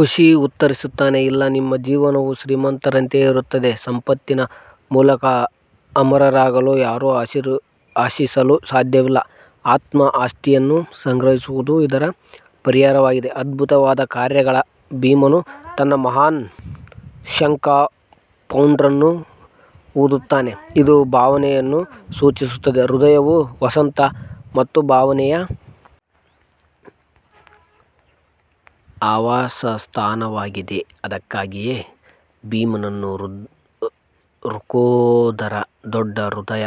ಋಷಿ ಉತ್ತರಿಸುತ್ತಾನೆ ಇಲ್ಲ ನಿಮ್ಮ ಜೀವನವು ಶ್ರೀಮಂತರಂತೆಯೇ ಇರುತ್ತದೆ ಸಂಪತ್ತಿನ ಮೂಲಕ ಅಮರರಾಗಲು ಯಾರೂ ಆಶಿಸಲು ಸಾಧ್ಯವಿಲ್ಲ ಆತ್ಮ ಆಸ್ತಿಯನ್ನು ಸಂಗ್ರಹಿಸುವುದು ಇದರ ಪರಿಹಾರವಾಗಿದೆ ಅದ್ಭುತವಾದ ಕಾರ್ಯಗಳ ಭೀಮನು ತನ್ನ ಮಹಾನ್ ಶಂಖ ಪೌಂಡ್ರನ್ನು ಊದುತ್ತಾನೆ, ಇದು ಭಾವನೆಯನ್ನು ಸೂಚಿಸುತ್ತದೆ ಹೃದಯವು ವಸಂತ ಮತ್ತು ಭಾವನೆಯ ಆವಾಸಸ್ಥಾನವಾಗಿದೆ ಅದಕ್ಕಾಗಿಯೇ ಭೀಮನನ್ನು ವೃಕೋದರ ದೊಡ್ಡ ಹೃದಯ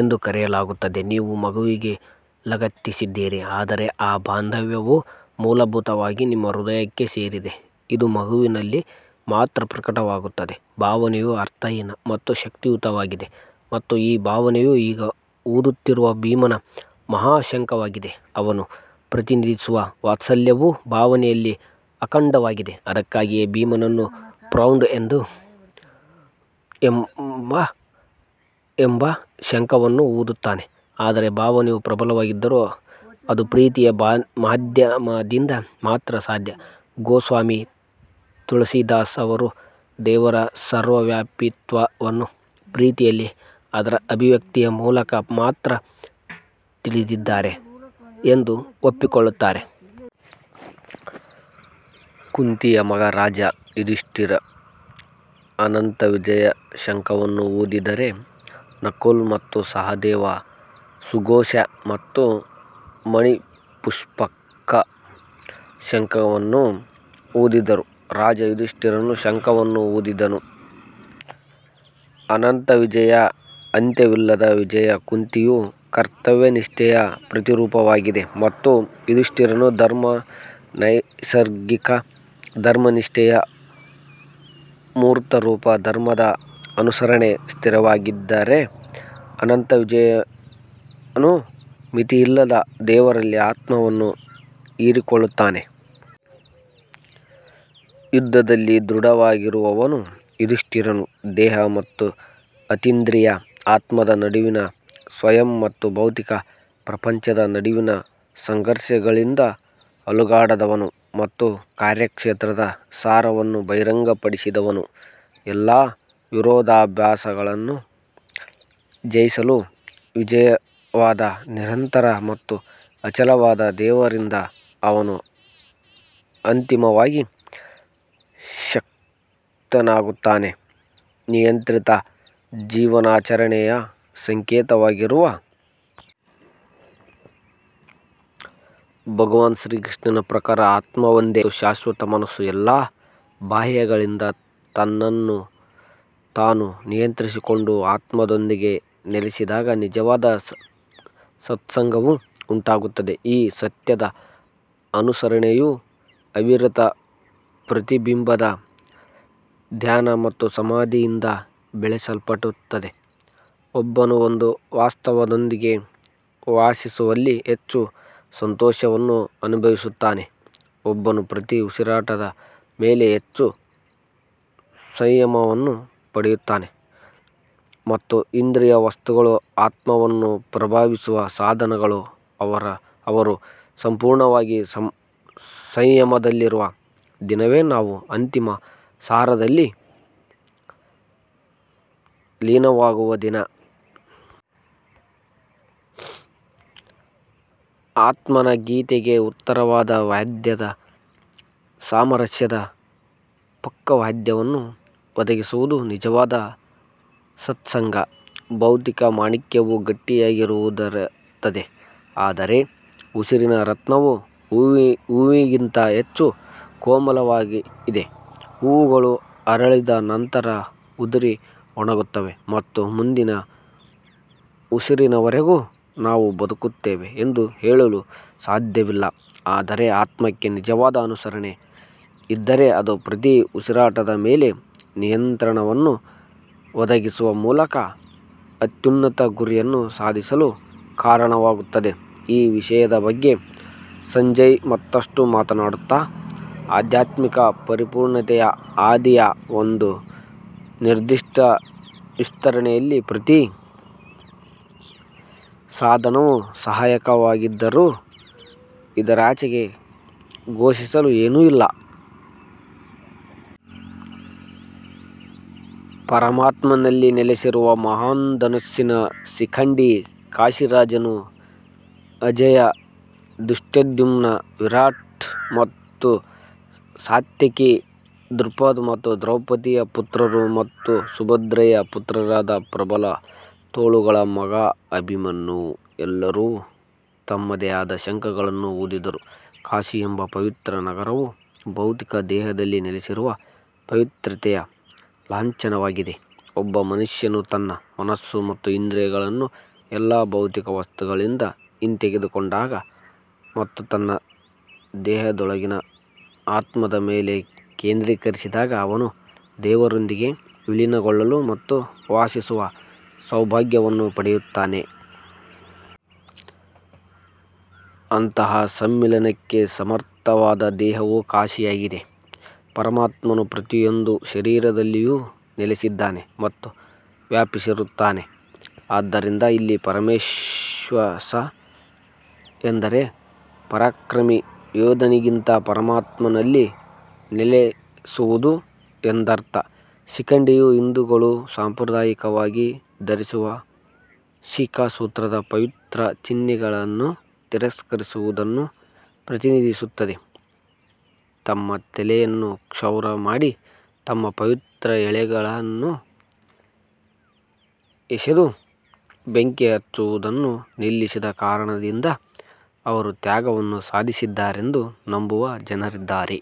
ಎಂದು ಕರೆಯಲಾಗುತ್ತದೆ ನೀವು ಮಗುವಿಗೆ ಲಗತ್ತಿಸಿದ್ದೀರಿ ಆದರೆ ಆ ಬಾಂಧವ್ಯವು ಮೂಲಭೂತವಾಗಿ ನಿಮ್ಮ ಹೃದಯಕ್ಕೆ ಸೇರಿದೆ ಇದು ಮಗುವಿನಲ್ಲಿ ಮಾತ್ರ ಪ್ರಕಟವಾಗುತ್ತದೆ ಭಾವನೆಯು ಅರ್ಥಹೀನ ಮತ್ತು ಶಕ್ತಿಯುತವಾಗಿದೆ ಮತ್ತು ಈ ಭಾವನೆಯು ಈಗ ಊದುತ್ತಿರುವ ಭೀಮನ ಮಹಾ ಶಂಖವಾಗಿದೆ ಅವನು ಪ್ರತಿನಿಧಿಸುವ ವಾತ್ಸಲ್ಯವು ಭಾವನೆಯಲ್ಲಿ ಅಡಕವಾಗಿದೆ ಅದಕ್ಕಾಗಿಯೇ ಭೀಮನು ಪೌಂಡ್ರ್ ಎಂಬ ಶಂಖವನ್ನು ಊದುತ್ತಾನೆ ಆದರೆ ಭಾವನೆಯು ಪ್ರಬಲವಾಗಿದ್ದರೂ ಅದು ಪ್ರೀತಿಯ ಮಾಧ್ಯಮದಿಂದ ಮಾತ್ರ ಸಾಧ್ಯ ಗೋಸ್ವಾಮಿ ತುಳಸಿದಾಸ್ ಅವರು ದೇವರ ಸರ್ವವ್ಯಾಪಿತ್ವವನ್ನು ಪ್ರೀತಿಯಲ್ಲಿ ಅದರ ಅಭಿವ್ಯಕ್ತಿಯ ಮೂಲಕ ಮಾತ್ರ ತಿಳಿದಿದ್ದಾರೆ ಎಂದು ಒಪ್ಪಿಕೊಳ್ಳುತ್ತಾರೆ. ಕುಂತಿಯ ಮಗ ರಾಜ ಯುಧಿಷ್ಠರ್ ಅನಂತವಿಜಯ ಶಂಖವನ್ನು ಊದಿದರೆ ನಕುಲ್ ಮತ್ತು ಸಹದೇವ ಸುಘೋಷ ಮತ್ತು ಮಣಿಪುಷ್ಪಕ ಶಂಖಗಳನ್ನು ಊದಿದರು. ರಾಜ ಯುಧಿಷ್ಠಿರನು ಶಂಖವನ್ನು ಊದಿದನು ಅನಂತವಿಜಯ ಅಂತ್ಯವಿಲ್ಲದ ವಿಜಯ ಕುಂತಿಯು ಕರ್ತವ್ಯನಿಷ್ಠೆಯ ಪ್ರತಿರೂಪವಾಗಿದೆ ಮತ್ತು ಯುಧಿಷ್ಠಿರನು ಧರ್ಮ ನೈಸರ್ಗಿಕ ಧರ್ಮನಿಷ್ಠೆಯ ಮೂರ್ತರೂಪ ಧರ್ಮದ ಅನುಸರಣೆ ಸ್ಥಿರವಾಗಿದ್ದರೆ ಅನಂತವಿಜಯನು ಮಿತಿಯಿಲ್ಲದ ದೇವರಲ್ಲಿ ಆತ್ಮವನ್ನು ಹೀರಿಕೊಳ್ಳುತ್ತಾನೆ. ಯುದ್ಧದಲ್ಲಿ ದೃಢವಾಗಿರುವವನು ಯುಧಿಷ್ಠಿರನು ದೇಹ ಮತ್ತು ಅತೀಂದ್ರಿಯ ಆತ್ಮದ ನಡುವಿನ ಸ್ವಯಂ ಮತ್ತು ಭೌತಿಕ ಪ್ರಪಂಚದ ನಡುವಿನ ಸಂಘರ್ಷಗಳಿಂದ ಅಲುಗಾಡದವನು ಮತ್ತು ಕಾರ್ಯಕ್ಷೇತ್ರದ ಸಾರವನ್ನು ಬಹಿರಂಗಪಡಿಸಿದವನು. ಎಲ್ಲಾ ವಿರೋಧಾಭಾಸಗಳನ್ನು ಜಯಿಸಲು ನಿಜವಾದ ನಿರಂತರ ಮತ್ತು ಅಚಲವಾದ ದೇವರಿಂದ ಅವನು ಅಂತಿಮವಾಗಿ ಶಕ್ತನಾಗುತ್ತಾನೆ. ನಿಯಂತ್ರಿತ ಜೀವನಾಚರಣೆಯ ಸಂಕೇತವಾಗಿರುವ ಭಗವಾನ್ ಕೃಷ್ಣನ ಪ್ರಕಾರ ಆತ್ಮವೊಂದೇ ಸತ್ಯ ಮತ್ತು ಶಾಶ್ವತ ಮನಸ್ಸು ಎಲ್ಲಾ ಬಾಹ್ಯಗಳಿಂದ ತನ್ನನ್ನು ತಾನು ನಿಯಂತ್ರಿಸಿಕೊಂಡು ಆತ್ಮದೊಂದಿಗೆ ನೆಲೆಸಿದಾಗ ನಿಜವಾದ ಸತ್ಸಂಗವು ಉಂಟಾಗುತ್ತದೆ ಈ ಸತ್ಯದ ಅನುಸರಣೆಯು ಅವಿರತ ಪ್ರತಿಬಿಂಬದ ಧ್ಯಾನ ಮತ್ತು ಸಮಾಧಿಯಿಂದ ಬೆಳೆಸಲ್ಪಡುತ್ತದೆ, ಒಬ್ಬನು ಒಂದು ವಾಸ್ತವದೊಂದಿಗೆ ವಾಸಿಸುವಲ್ಲಿ ಹೆಚ್ಚು ಸಂತೋಷವನ್ನು ಅನುಭವಿಸುತ್ತಾನೆ, ಒಬ್ಬನು ಪ್ರತಿ ಉಸಿರಾಟದ ಮೇಲೆ ಹೆಚ್ಚು ಸಂಯಮವನ್ನು ಪಡೆಯುತ್ತಾನೆ ಮತ್ತು ಇಂದ್ರಿಯ ವಸ್ತುಗಳು ಆತ್ಮವನ್ನು ಪ್ರಭಾವಿಸುವ ಸಾಧನಗಳು ಅವರು ಸಂಪೂರ್ಣವಾಗಿ ಸಂಯಮದಲ್ಲಿರುವ ದಿನವೇ ನಾವು ಅಂತಿಮ ಸಾರದಲ್ಲಿ ಲೀನವಾಗುವ ದಿನ. ಆತ್ಮನ ಗೀತೆಗೆ ಉತ್ತಮವಾದ ವಾದ್ಯದ ಸಾಮರಸ್ಯದ ಪಕ್ಕವಾದ್ಯವನ್ನು ಒದಗಿಸುವುದು ನಿಜವಾದ ಸತ್ಸಂಗ. ಭೌತಿಕ ಮಾಣಿಕ್ಯವು ಗಟ್ಟಿಯಾಗಿರುತ್ತದೆ ಆದರೆ ಉಸಿರಿನ ರತ್ನವು ಹೂವಿನಿಗಿಂತ ಹೆಚ್ಚು ಕೋಮಲವಾಗಿದೆ ಹೂವುಗಳು ಅರಳಿದ ನಂತರ ಉದುರಿ ಒಣಗುತ್ತವೆ ಮತ್ತು ಮುಂದಿನ ಉಸಿರಿನವರೆಗೂ ನಾವು ಬದುಕುತ್ತೇವೆ ಎಂದು ಹೇಳಲು ಸಾಧ್ಯವಿಲ್ಲ ಆದರೆ ಆತ್ಮಕ್ಕೆ ನಿಜವಾದ ಅನುಸರಣೆ ಇದ್ದರೆ ಅದು ಪ್ರತಿ ಉಸಿರಾಟದ ಮೇಲೆ ನಿಯಂತ್ರಣವನ್ನು ಒದಗಿಸುವ ಮೂಲಕ ಅತ್ಯುನ್ನತ ಗುರಿಯನ್ನು ಸಾಧಿಸಲು ಕಾರಣವಾಗುತ್ತದೆ ಈ ವಿಷಯದ ಬಗ್ಗೆ ಸಂಜಯ್ ಮತ್ತಷ್ಟು ಮಾತನಾಡುತ್ತಾ, ಆಧ್ಯಾತ್ಮಿಕ ಪರಿಪೂರ್ಣತೆಯ ಹಾದಿಯ ಒಂದು ನಿರ್ದಿಷ್ಟ ವಿಸ್ತರಣೆಯಲ್ಲಿ ಪ್ರತಿ ಸಾಧನವು ಸಹಾಯಕವಾಗಿದ್ದರೂ ಇದರಾಚೆಗೆ ಘೋಷಿಸಲು ಏನೂ ಇಲ್ಲ. ಪರಮಾತ್ಮನಲ್ಲಿ ನೆಲೆಸಿರುವ ಮಹಾನ್ ಧನುಸ್ಸಿನ ಶಿಖಂಡಿ ಕಾಶಿರಾಜನು ಅಜೇಯ ಧೃಷ್ಟದ್ಯುಮ್ನ ವಿರಾಟ್ ಮತ್ತು ಸಾತ್ಯಕಿ ದ್ರುಪದ್ ಮತ್ತು ದ್ರೌಪದಿಯ ಪುತ್ರರು ಮತ್ತು ಸುಭದ್ರೆಯ ಪುತ್ರರಾದ ಪ್ರಬಲ ತೋಳುಗಳ ಮಗ ಅಭಿಮನ್ಯು ಎಲ್ಲರೂ ತಮ್ಮದೇ ಆದ ಶಂಖಗಳನ್ನು ಊದಿದರು. ಕಾಶಿ ಎಂಬ ಪವಿತ್ರ ನಗರವು ಭೌತಿಕ ದೇಹದಲ್ಲಿ ನೆಲೆಸಿರುವ ಪವಿತ್ರತೆಯ ಲಾಂಛನವಾಗಿದೆ ಒಬ್ಬ ಮನುಷ್ಯನು ತನ್ನ ಮನಸ್ಸು ಮತ್ತು ಇಂದ್ರಿಯಗಳನ್ನು ಎಲ್ಲಾ ಭೌತಿಕ ವಸ್ತುಗಳಿಂದ ಹಿಂತೆಗೆದುಕೊಂಡಾಗ ಮತ್ತು ತನ್ನ ದೇಹದೊಳಗಿನ ಆತ್ಮದ ಮೇಲೆ ಕೇಂದ್ರೀಕರಿಸಿದಾಗ ಅವನು ದೇವರೊಂದಿಗೆ ವಿಲೀನಗೊಳ್ಳಲು ಮತ್ತು ವಾಸಿಸುವ ಸೌಭಾಗ್ಯವನ್ನು ಪಡೆಯುತ್ತಾನೆ. ಅಂತಹ ಸಮ್ಮಿಲನಕ್ಕೆ ಸಮರ್ಥವಾದ ದೇಹವು ಕಾಶಿಯಾಗಿದೆ ಪರಮಾತ್ಮನು ಪ್ರತಿಯೊಂದು ಶರೀರದಲ್ಲಿಯೂ ನೆಲೆಸಿದ್ದಾನೆ ಮತ್ತು ವ್ಯಾಪಿಸಿರುತ್ತಾನೆ ಆದ್ದರಿಂದ ಇಲ್ಲಿ ಪರಮೇಶ್ವಾಸ ಎಂದರೆ ಪರಾಕ್ರಮಿ ಯೋಧನಿಗಿಂತ ಪರಮಾತ್ಮನಲ್ಲಿ ನೆಲೆಸುವುದು ಎಂದರ್ಥ. ಶಿಖಂಡಿಯು ಹಿಂದೂಗಳು ಸಾಂಪ್ರದಾಯಿಕವಾಗಿ ಧರಿಸುವ ಶಿಖಾ ಸೂತ್ರದ ಪವಿತ್ರ ಚಿಹ್ನೆಗಳನ್ನು ತಿರಸ್ಕರಿಸುವುದನ್ನು ಪ್ರತಿನಿಧಿಸುತ್ತದೆ ತಮ್ಮ ತಲೆಯನ್ನು ಕ್ಷೌರ ಮಾಡಿ ತಮ್ಮ ಪವಿತ್ರ ಎಳೆಗಳನ್ನು ಎಸೆದು ಬೆಂಕಿ ಹಚ್ಚುವುದನ್ನು ನಿಲ್ಲಿಸಿದ ಕಾರಣದಿಂದ ಅವರು ತ್ಯಾಗವನ್ನು ಸಾಧಿಸಿದ್ದಾರೆಂದು ನಂಬುವ ಜನರಿದ್ದಾರೆ.